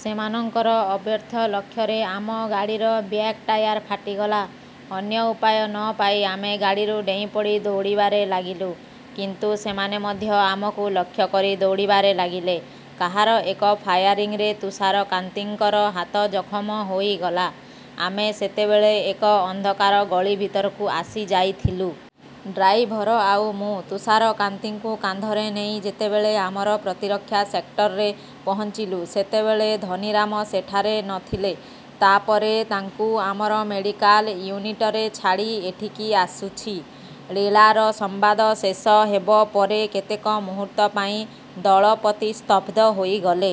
ସେମାନଙ୍କର ଅବ୍ୟର୍ଥ ଲକ୍ଷ୍ୟରେ ଆମ ଗାଡ଼ିର ବ୍ୟାକ୍ ଟାୟାର ଫାଟିଗଲା। ଅନ୍ୟ ଉପାୟ ନ ପାଇ ଆମେ ଗାଡ଼ିରୁ ଡେଇଁପଡ଼ି ଦୌଡ଼ିବାରେ ଲାଗିଲୁ। କିନ୍ତୁ ସେମାନେ ମଧ୍ୟ ଆମକୁ ଲକ୍ଷ୍ୟ କରି ଦୌଡ଼ିବାରେ ଲାଗିଲେ। କାହାର ଏକ ଫାୟାରିଂରେ ତୁଷାରକାନ୍ତିଙ୍କର ହାତ ଜଖମ ହୋଇଗଲା। ଆମେ ସେତେବେଳେ ଏକ ଅନ୍ଧକାର ଗଳି ଭିତରକୁ ଆସି ଯାଇଥିଲୁ। ଡ୍ରାଇଭର ଆଉ ମୁଁ ତୁଷାରକାନ୍ତିଙ୍କୁ କାନ୍ଧରେ ନେଇ ଯେତେବେଳେ ଆମର ପ୍ରତିରକ୍ଷା ସେକ୍ଟରରେ ପହଞ୍ଚିଲୁ, ସେତେବେଳେ ଧନୀରାମ ସେଠାରେ ନ ଥିଲେ। ତା ପରେ ତାଙ୍କୁ ଆମର ମେଡିକାଲ ୟୁନିଟରେ ଛାଡ଼ି ଏଇଠିକି ଆସୁଛି। ଲୀଳାର ସମ୍ବାଦ ଶେଷ ହେବ ପରେ କେତେକ ମୁହୂର୍ତ୍ତ ପାଇଁ ଦଳପତି ସ୍ତବ୍ଧ ହୋଇଗଲେ।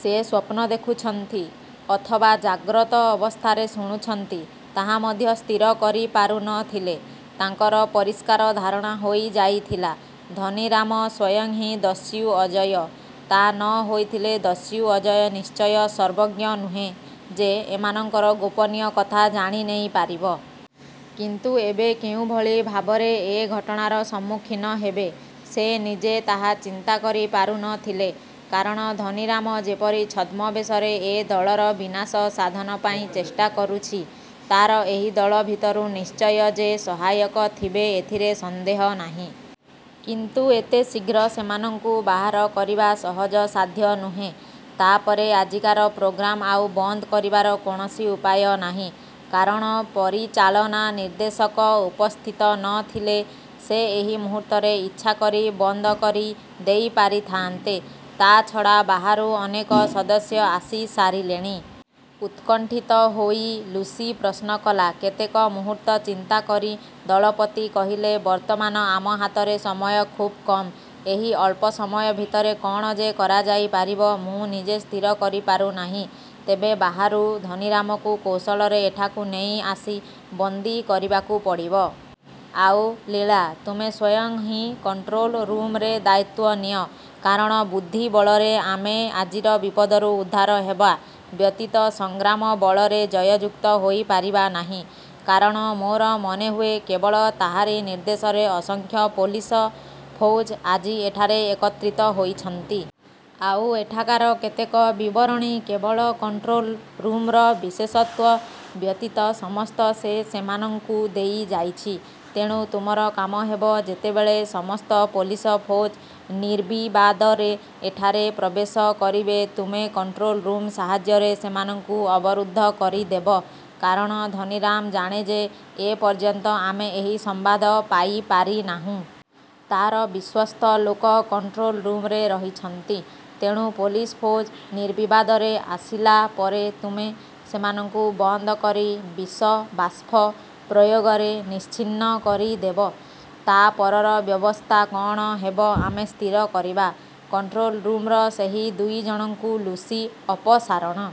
ସେ ସ୍ୱପ୍ନ ଦେଖୁଛନ୍ତି ଅଥବା ଜାଗ୍ରତ ଅବସ୍ଥାରେ ଶୁଣୁଛନ୍ତି, ତାହା ମଧ୍ୟ ସ୍ଥିର କରି ପାରୁ ନ ଥିଲେ। ତାଙ୍କର ପରିଷ୍କାର ଧାରଣା ହୋଇ ଯାଇଥିଲା, ଧନୀରାମ ସ୍ୱୟଂ ହିଁ ଦସ୍ୟୁ ଅଜୟ-। ତା ନ ହୋଇଥିଲେ ଦସ୍ୟୁ ଅଜୟ ନିଶ୍ଚୟ ସର୍ବଜ୍ଞ ନୁହେଁ ଯେ, ଏମାନଙ୍କର ଗୋପନୀୟ କଥା ଜାଣି ନେଇ ପାରିବ। କିନ୍ତୁ ଏବେ କେଉଁଭଳି ଭାବରେ ଏ ଘଟଣାର ସମ୍ମୁଖୀନ ହେବେ, ସେ ନିଜେ ତାହା ଚିନ୍ତା କରି ପାରୁ ନ ଥିଲେ। କାରଣ ଧନୀରାମ ଯେପରି ଛଦ୍ମବେଶରେ ଏ ଦଳର ବିନାଶ ସାଧନ ପାଇଁ ଚେଷ୍ଟା କରୁଛି, ତାର ଏହି ଦଳ ଭିତରୁ ନିଶ୍ଚୟ ଯେ ସହାୟକ ଥିବେ ଏଥିରେ ସନ୍ଦେହ ନାହିଁ। କିନ୍ତୁ ଏତେ ଶୀଘ୍ର ସେମାନଙ୍କୁ ବାହାର କରିବା ସହଜସାଧ୍ୟ ନୁହେଁ। ତା ପରେ ଆଜିକାର ପ୍ରୋଗ୍ରାମ୍ ଆଉ ବନ୍ଦ କରିବାର କୌଣସି ଉପାୟ ନାହିଁ। କାରଣ ପରିଚାଳନା-ନିର୍ଦ୍ଦେଶକ ଉପସ୍ଥିତ ନ ଥିଲେ, ସେ ଏହି ମୁହୂର୍ତ୍ତରେ ଇଚ୍ଛା କରି ବନ୍ଦ କରି ଦେଇ ପାରିଥାଆନ୍ତେ। ତା ଛଡ଼ା ବାହାରୁ ଅନେକ ସଦସ୍ୟ ଆସି ସାରିଲେଣି। ଉତ୍କଣ୍ଠିତ ହୋଇ ଲୁସି ପ୍ରଶ୍ନ କଲା। କେତେକ ମୁହୂର୍ତ୍ତ ଚିନ୍ତା କରି ଦଳପତି କହିଲେ-ବର୍ତ୍ତମାନ ଆମ ହାତରେ ସମୟ ଖୁବ୍ କମ୍। ଏହି ଅଳ୍ପ ସମୟ ଭିତରେ କଣ ଯେ କରାଯାଇ ପାରିବ, ମୁଁ ନିଜେ ସ୍ଥିର କରି ପାରୁ ନାହିଁ। ତେବେ ବାହାରୁ ଧନୀରାମକୁ କୌଶଳରେ ଏଠାକୁ ନେଇ ଆସି ବନ୍ଦୀ କରିବାକୁ ପଡ଼ିବ। ଆଉ ଲୀଳା, ତୁମେ ସ୍ୱୟଂ ହିଁ କଣ୍ଟ୍ରୋଲ ରୁମ୍ ରେ ଦାୟିତ୍ୱ ନିଅ। କାରଣ ବୁଦ୍ଧି ବଳରେ ଆମେ ଆଜିର ବିପଦରୁ ଉଦ୍ଧାର ହେବା ବ୍ୟତୀତ ସଂଗ୍ରାମ ବଳରେ ଜୟଯୁକ୍ତ ହୋଇ ପାରିବା ନାହିଁ। କାରଣ ମୋର ମନେହୁଏ, କେବଳ ତାହାରି ନିର୍ଦ୍ଦେଶରେ ଅସଂଖ୍ୟ ପୋଲିସ ଫୌଜ ଆଜି ଏଠାରେ ଏକତ୍ରିତ ହୋଇଛନ୍ତି। ଆଉ ଏଠାକାର କେତେକ ବିବରଣୀ କେବଳ କଣ୍ଟ୍ରୋଲ ରୁମ୍ର ବିଶେଷତ୍ୱ ବ୍ୟତୀତ ସମସ୍ତ ସେ ସେମାନଙ୍କୁ ଦେଇ ଯାଇଛି। ତେଣୁ ତୁମର କାମ ହେବ-ଯେତେବେଳେ ସମସ୍ତ ପୋଲିସ ଫୌଜ ନିର୍ବିବାଦରେ ଏଠାରେ ପ୍ରବେଶ କରିବେ, ତୁମେ କଣ୍ଟ୍ରୋଲ ରୁମ୍ ସାହାଯ୍ୟରେ ସେମାନଙ୍କୁ ଅବରୁଦ୍ଧ କରିଦେବ। କାରଣ ଧନୀରାମ ଜାଣେ ଯେ, ଏ ପର୍ଯ୍ୟନ୍ତ ଆମେ ଏହି ସମ୍ବାଦ ପାଇ ପାରି ନାହୁଁ। ତାର ବିଶ୍ୱସ୍ତ ଲୋକ କଣ୍ଟ୍ରୋଲ ରୁମରେ ରହିଛନ୍ତି। ତେଣୁ ପୋଲିସ ଫୌଜ ନିର୍ବିବାଦରେ ଆସିଲା ପରେ ତୁମେ ସେମାନଙ୍କୁ ବନ୍ଦ କରି ବିଷ ବାଷ୍ପ ପ୍ରୟୋଗରେ ନିଶ୍ଚିହ୍ନ କରିଦେବ। ତା ପରର ବ୍ୟବସ୍ଥା କଣ ହେବ ଆମେ ସ୍ଥିର କରିବା। କଣ୍ଟ୍ରୋଲ ରୁମ୍ର ସେହି ଦୁଇ ଜଣଙ୍କୁ ଲୁସି ଅପସାରଣ